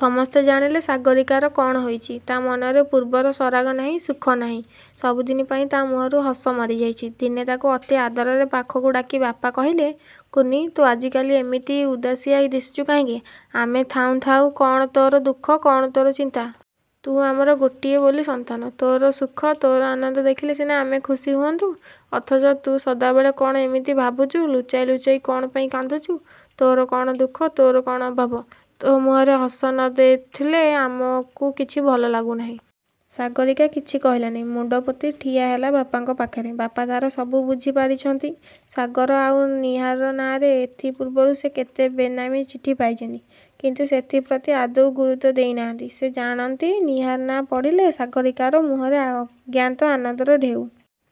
ସମସ୍ତେ ଜାଣିଲେ ସାଗରୀକାର କ'ଣ ହୋଇଛି। ତା' ମନରେ ପୂର୍ବର ସରାଗ ନାହିଁ–ସୁଖ ନାହିଁ। ସବୁଦିନ ପାଇଁ ତା' ମୁହଁରୁ ହସ ମରିଯାଇଛି। ଦିନେ ତାକୁ ଅତି ଆଦରରେ ପାଖକୁ ଡାକି ବାପା କହିଲେ–''କୁନି–ତୁ ଆଜିକାଲି ଏମିତି ଉଦାସିଆ ଦିଶୁଛୁ କାହିଁକି? ଆମେ ଥାଉଁ ଥାଉଁ କ'ଣ ତୋର ଦୁଃଖ କ'ଣ ତୋର ଚିନ୍ତା। ତୁ ଆମର ଗୋଟିଏ ବୋଲି ସନ୍ତାନ। ତୋର ସୁଖ; ତୋର ଆନନ୍ଦ ଦେଖିଲେ ସିନା ଆମେ ଖୁସି ହୁଅନ୍ତୁ। ଅଥଚ ତୁ ସଦାବେଳେ କ'ଣ ଏମିତି ଭାବୁଛୁ–ଲୁଚାଇ ଲୁଚାଇ କ'ଣ ପାଇଁ କାନ୍ଦୁଛୁ। ତୋର କ'ଣ ଦୁଃଖ, ତୋର କ'ଣ ଅଭାବ। ତୋ ମୁହଁରେ ହସ ନ ଦେଥିଲେ; ଆମକୁ କିଛି ଭଲ ଲାଗୁନାହିଁ। '' ସାଗରୀକା କିଛି କହିଲାନି। ମୁଣ୍ତ ପୋତି ଠିଆହେଲା ବାପାଙ୍କ ପାଖରେ। ବାପା ତା'ର ସବୁ ବୁଝିପାରିଛନ୍ତି, ସାଗର ଆଉ ନୀହାର ନାଁରେ ଏଥିପୂର୍ବରୁ ସେ କେତେ ବେନାମୀ ଚିଠି ପାଇଛନ୍ତି। କିନ୍ତୁ ସେଥିପ୍ରତି ଆଦୌ ଗୁରୁତ୍ୱ ଦେଇ ନାହାନ୍ତି। ସେ ଜାଣନ୍ତି ନୀହାର ନାଁ ପଡ଼ିଲେ; ସାଗରୀକାର ମୁହଁରେ ଅଜ୍ଞାତ ଆନନ୍ଦର ଢେଉ।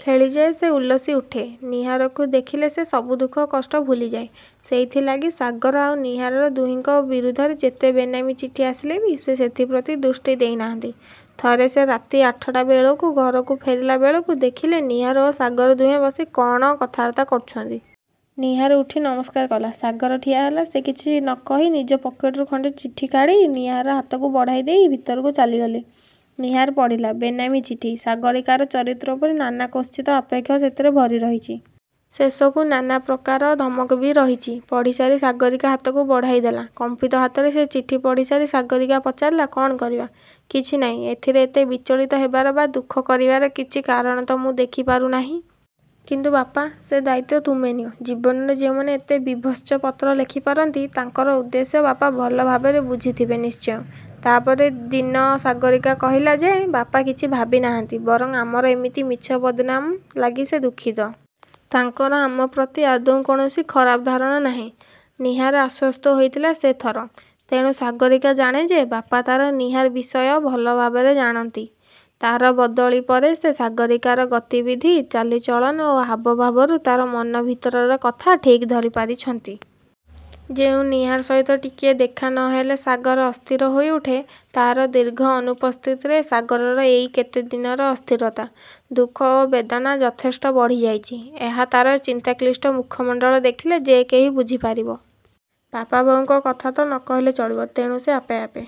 ଖେଳିଯାଏ–ସେ ଉଲ୍ଲସି ଉଠେ। ନୀହାରକୁ ଦେଖିଲେ ସେ ସବୁ ଦୁଃଖ କଷ୍ଟ ଭୁଲିଯାଏ। ସେଇଥି ଲାଗି ସାଗର ଆଉ ନୀହାର ଦୁହିଁଙ୍କ ବିରୁଦ୍ଧରେ ଯେତେ ବେନାମୀ ଚିଠି ଆସିଲେ ବି ସେ ସେଥିପ୍ରତି ଦୃଷ୍ଟି ଦେଇ ନାହାନ୍ତି। ଥରେ ସେ ରାତି ଆଠଟା ବେଳକୁ ଘରକୁ ଫେରିଲା ବେଳକୁ ଦେଖିଲେ ନୀହାର ଓ ସାଗର ଦୁହେଁ ବସି କ'ଣ କଥାବାର୍ତ୍ତା କରୁଛନ୍ତି। ନୀହାର ଉଠି ନମସ୍କାର କଲା। ସାଗର ଠିଆ ହେଲା। ସେ କିଛି ନ କହି ନିଜ ପକେଟ୍ରୁ ଖଣ୍ତେ ଚିଠି କାଢ଼ି ନୀହାର ହାତକୁ ବଢ଼ାଇ ଦେଇ ଭିତରକୁ ଚାଲିଗଲେ। ନୀହାର ପଢ଼ିଲା। ବେନାମୀ ଚିଠି। ସାଗରୀକାର ଚରିତ୍ର ଉପରେ ନାନା କୁତ୍ସିତ ଆକ୍ଷେପ ସେଥିରେ ଭରି ରହିଛି। ଶେଷକୁ ନାନା ପ୍ରକାର ଧମକ ବି ରହିଛି। ପଢ଼ିସାରି ସାଗରୀକା ହାତକୁ ବଢ଼ାଇ ଦେଲା। କମ୍ପିତ ହାତରେ ସେ ଚିଠି ପଢ଼ିସାରି ସାଗରୀକା ପଚାରିଲା–''କ'ଣ କରିବା। '' କିଛି ନାହିଁ–ଏଥିରେ ଏତେ ବିଚଳିତ ହେବାର ବା ଦୁଃଖ କରିବାର କିଛି କାରଣ ତ ମୁଁ ଦେଖିପାରୁ ନାହିଁ। କିନ୍ତୁ ବାପା...। ସେ ଦାୟିତ୍ୱ ତୁମେ ନିଅ। ଜୀବନରେ ଯେଉଁମାନେ ଏତେ ବୀଭତ୍ସ ପତ୍ର ଲେଖି ପାରନ୍ତି, ତାଙ୍କର ଉଦ୍ଦେଶ୍ୟ ବାପା ଭଲ ଭାବରେ ବୁଝିଥିବେ ନିଶ୍ଚୟ। ତା'ପରେ ଦିନ ସାଗରୀକା କହିଲା ଯେ–''ବାପା କିଛି ଭାବି ନାହାନ୍ତି। ବରଂ ଆମର ଏମିତି ମିଛ ବଦନାମ ଲାଗି ସେ ଦୁଃଖିତ। ତାଙ୍କର ଆମ ପ୍ରତି ଆଦୌ କୌଣସି ଖରାପ ଧାରଣା ନାହିଁ। '' ନୀହାର ଆଶ୍ୱସ୍ତ ହୋଇଥିଲା ସେ ଥର। ତେଣୁ ସାଗରୀକା ଜାଣେ ଯେ; ବାପା ତା'ର ନୀହାର ବିଷୟ ଭଲ ଭାବରେ ଜାଣନ୍ତି। ତା'ର ବଦଳି ପରେ ସେ ସାଗରୀକାର ଗତିବିଧି, ଚାଲିଚଳନ ଓ ହାବଭାବରୁ ତା'ର ମନ ଭିତରର କଥା ଠିକ୍ ଧରିପାରିଛନ୍ତି। ଯେଉଁ ନୀହାର ସହିତ ଟିକିଏ ଦେଖା ନ ହେଲେ ସାଗର ଅସ୍ଥିର ହୋଇ ଉଠେ; ତା'ର ଦୀର୍ଘ ଅନୁପସ୍ଥିତିରେ ସାଗରର ଏଇ କେତେ ଦିନର ଅସ୍ଥିରତା, ଦୁଃଖ ଓ ବେଦନା ଯଥେଷ୍ଟ ବଢ଼ି ଯାଇଛି। ଏହା ତା'ର ଚିନ୍ତାକ୍ଳିଷ୍ଟ ମୁଖମଣ୍ତଳ ଦେଖିଲେ ଯେ କେହି ବୁଝିପାରିବ। ବାପା ବୋଉଙ୍କ କଥା ତ ନ କହିଲେ ଚଳିବ। ତେଣୁ ସେ ଆପେ ଆପେ